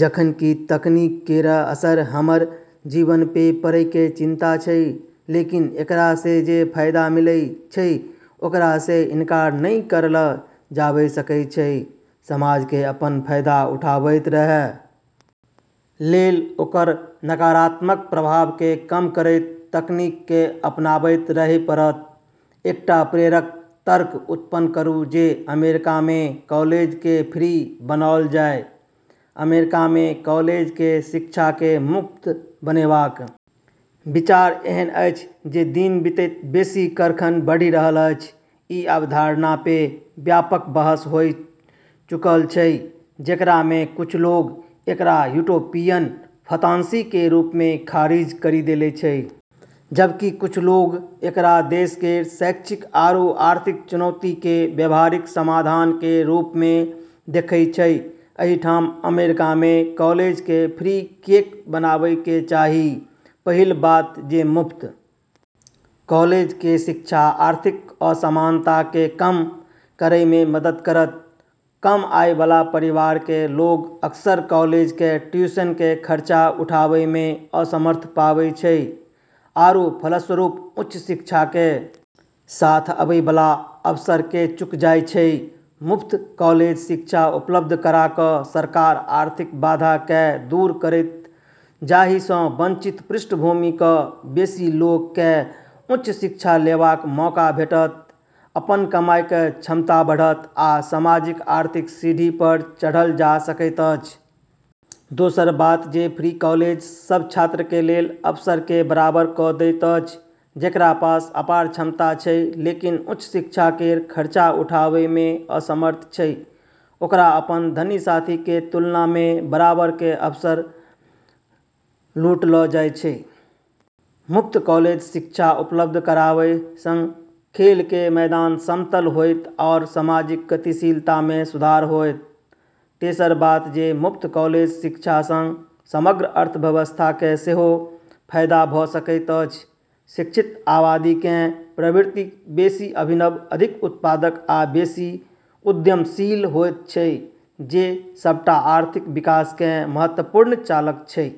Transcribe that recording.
जखन कि तकनीक केरऽ असर हमरऽ जीवन पे पड़ै के चिंता छै लेकिन एकरा से जे फायदा मिलै छै ओकरा से इनकार नै करलऽ जाबे सकै छै। समाज के अपन फायदा उठाबैत रहय लेल ओकर नकारात्मक प्रभाव के कम करैत तकनीक के अपनाबैत रहय पड़त, एकटा प्रेरक तर्क उत्पन्न करू जे अमेरिका में कॉलेज के फ्री बनाओल जाय, अमेरिका में कॉलेज के शिक्षा के मुफ्त बनेबाक विचार एहन अछि जे दिन बीतैत बेसी कर्षण बढ़ि रहल अछि, ई अवधारणा पे व्यापक बहस होय चुकलऽ छै जेकरा मे कुछ लोगऽ एकरा यूटोपियन फंतासी के रूप मे खारिज करी देले छै जबकि कुछ लोगऽ एकरा देश केरऽ शैक्षिक आरू आर्थिक चुनौती के व्यावहारिक समाधान के रूप मे देखै छै, एहि ठाम अमेरिका मे कॉलेज के फ्री किएक बनाबय के चाही, पहिल बात जे मुफ्त कॉलेज के शिक्षा आर्थिक असमानता के कम करय मे मदद करत, कम आय वाला परिवार के लोग अक्सर कॉलेज के ट्यूशन के खर्चा उठाबै में असमर्थ पाबै छै आरू फलस्वरूप उच्च शिक्षा के साथ आबै वाला अवसर के चूक जाय छै, मुफ्त कॉलेज शिक्षा उपलब्ध करा क सरकार आर्थिक बाधा कए दूर करत जाहि स वंचित पृष्ठभूमि क बेसी लोक कए उच्च शिक्षा लेबाक मौका भेटत, अपन कमाई क क्षमता बढ़त, आ सामाजिक आर्थिक सीढ़ी पर चढ़ल जा सकैत अछि। दोसर बात जे फ्री कॉलेज सब छात्र के लेल अवसर के बराबर क दैत अछि जेकरा पास अपार क्षमता छै लेकिन उच्च शिक्षा केरऽ खर्चा उठाबै मे असमर्थ छै ओकरा अपनऽ धनी साथी के तुलना मे बराबर के अवसर लूटलऽ जाय छै। मुफ्त कॉलेज शिक्षा उपलब्ध कराबय सं खेल के मैदान समतल होएत आओर सामाजिक गतिशीलता मे सुधार होएत, तेसर बात जे मुफ्त कॉलेज शिक्षा सं समग्र अर्थव्यवस्था के सेहो फायदा भ सकैत अछि, शिक्षित आबादी कें प्रवृत्ति बेसि अभिनव, अधिक उत्पादक आ बेसि उद्यमशील होयत छै जे सबटा आर्थिक विकास कें महत्वपूर्ण चालक छै।